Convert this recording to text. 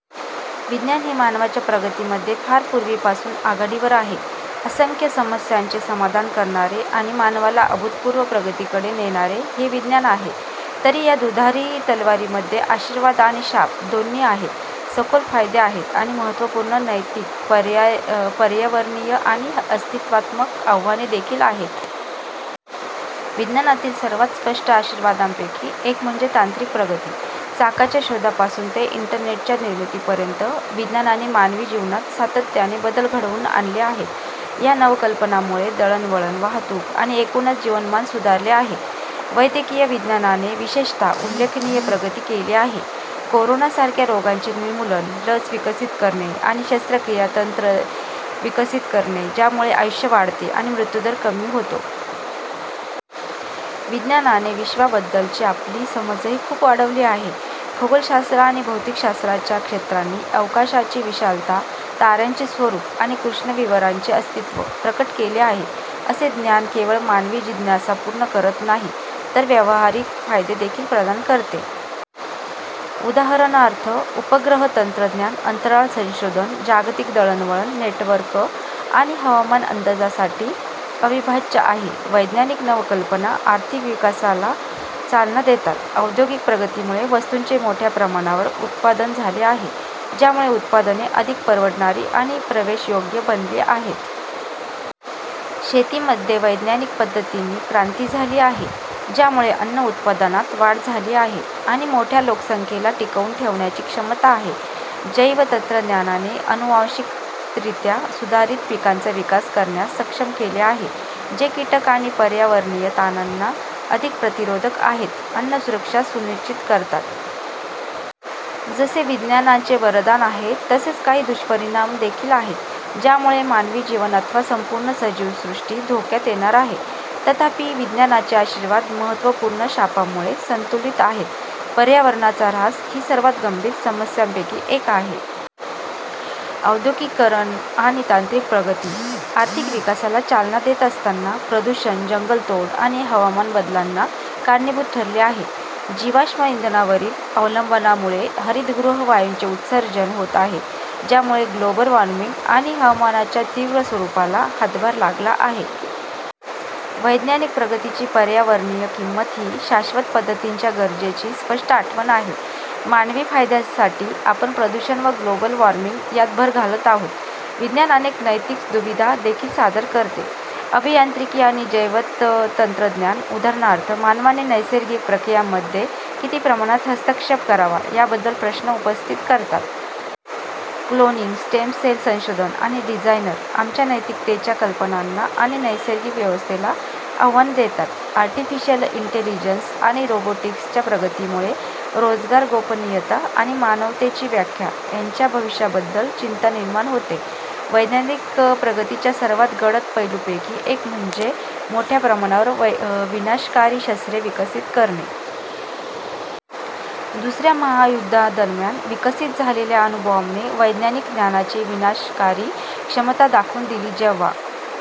विज्ञान हे मानवाच्या प्रगतीमध्ये फार पूर्वीपासून आघाडीवर आहे, असंख्य समस्यांचे समाधान करणारे आणि मानवाला अभूतपूर्व प्रगतीकडे नेणारे हे विज्ञान आहे. तरीही, या दुधारी तलवारीमध्ये आशीर्वाद आणि शाप दोन्ही आहेत, सखोल फायदे आहेत आणि महत्त्वपूर्ण नैतिक, पर्यावरणीय आणि अस्तित्वात्मक आव्हाने देखील आहेत. विज्ञानातील सर्वात स्पष्ट आशीर्वादांपैकी एक म्हणजे तांत्रिक प्रगती. चाकाच्या शोधापासून ते इंटरनेटच्या निर्मितीपर्यंत विज्ञानाने मानवी जीवनात सातत्याने बदल घडवून आणले आहेत. या नवकल्पनांमुळे दळणवळण, वाहतूक आणि एकूणच जीवनमान सुधारले आहे. वैद्यकीय विज्ञानाने, विशेषतः, उल्लेखनीय प्रगती केली आहे, कोरोना सारख्या रोगांचे निर्मूलन, लस विकसित करणे आणि शस्त्रक्रिया तंत्रे विकसित करणे, ज्यामुळे आयुष्य वाढते आणि मृत्यू दर कमी होतो. विज्ञानाने विश्वाबद्दलची आपली समजही खूप वाढवली आहे. खगोलशास्त्र आणि भौतिकशास्त्राच्या क्षेत्रांनी अवकाशाची विशालता, ताऱ्यांचे स्वरूप आणि कृष्णविवरांचे अस्तित्व प्रकट केले आहे. असे ज्ञान केवळ मानवी जिज्ञासा पूर्ण करत नाही तर व्यावहारिक फायदे देखील प्रदान करते. उदाहरणार्थ, उपग्रह तंत्रज्ञान अंतराळ संशोधन, जागतिक दळणवळण नेटवर्क आणि हवामान अंदाजासाठी अविभाज्य आहे. वैज्ञानिक नवकल्पना आर्थिक विकासाला चालना देतात. औद्योगिक प्रगतीमुळे वस्तूंचे मोठ्या प्रमाणावर उत्पादन झाले आहे, ज्यामुळे उत्पादने अधिक परवडणारी आणि प्रवेशयोग्य बनली आहेत. शेतीमध्ये वैज्ञानिक पद्धतींनी क्रांती झाली आहे, ज्यामुळे अन्न उत्पादनात वाढ झाली आहे आणि मोठ्या लोकसंख्येला टिकवून ठेवण्याची क्षमता आहे. जैवतंत्रज्ञानाने अनुवांशिकरित्या सुधारित पिकांचा विकास करण्यास सक्षम केले आहे, जे कीटक आणि पर्यावरणीय ताणांना अधिक प्रतिरोधक आहेत, अन्न सुरक्षा सुनिश्चित करतात. जसे विज्ञानाचे वरदान आहे तसेच काही दुष्परिणाम देखील आहेत, ज्यामुळे मानवी जीवन अथवा संपूर्ण सजीव सृष्टी धोक्यात येणार आहे, तथापि, विज्ञानाचे आशीर्वाद महत्त्वपूर्ण शापांमुळे संतुलित आहेत. पर्यावरणाचा ऱ्हास ही सर्वात गंभीर समस्यांपैकी एक आहे. औद्योगिकीकरण आणि तांत्रिक प्रगती, आर्थिक विकासाला चालना देत असताना, प्रदूषण, जंगलतोड आणि हवामान बदलांना कारणीभूत ठरले आहे. जीवाश्म इंधनावरील अवलंबनामुळे हरितगृह वायूंचे उत्सर्जन होत आहे, ज्यामुळे ग्लोबल वॉर्मिंग आणि हवामानाच्या तीव्र स्वरूपाला हातभार लागला आहे. वैज्ञानिक प्रगतीची पर्यावरणीय किंमत ही शाश्वत पद्धतींच्या गरजेची स्पष्ट आठवण आहे. मानवी फायद्यांसाठी आपण प्रदूषण व ग्लोबल वॉर्मिंग यात भर घालत आहोत. विज्ञान अनेक नैतिक दुविधा देखील सादर करते. अभियांत्रिकी आणि जैवतंत्रज्ञान, उदाहरणार्थ, मानवाने नैसर्गिक प्रक्रियांमध्ये किती प्रमाणात हस्तक्षेप करावा याबद्दल प्रश्न उपस्थित करतात. क्लोनिंग, स्टेम सेल संशोधन आणि डिझायनर, आमच्या नैतिकतेच्या कल्पनांना आणि नैसर्गिक व्यवस्थेला आव्हान देतात. आर्टिफिशियल इंटेलिजन्स आणि रोबोटिक्सच्या प्रगतीमुळे रोजगार, गोपनीयता आणि मानवतेची व्याख्या यांच्या भविष्याबद्दल चिंता निर्माण होते. वैज्ञानिक प्रगतीच्या सर्वात गडद पैलूंपैकी एक म्हणजे मोठ्या प्रमाणावर विनाशकारी शस्त्रे विकसित करणे. दुसऱ्या महायुद्धादरम्यान विकसित झालेल्या अणुबॉम्बने वैज्ञानिक ज्ञानाची विनाशकारी क्षमता दाखवून दिली जेव्हा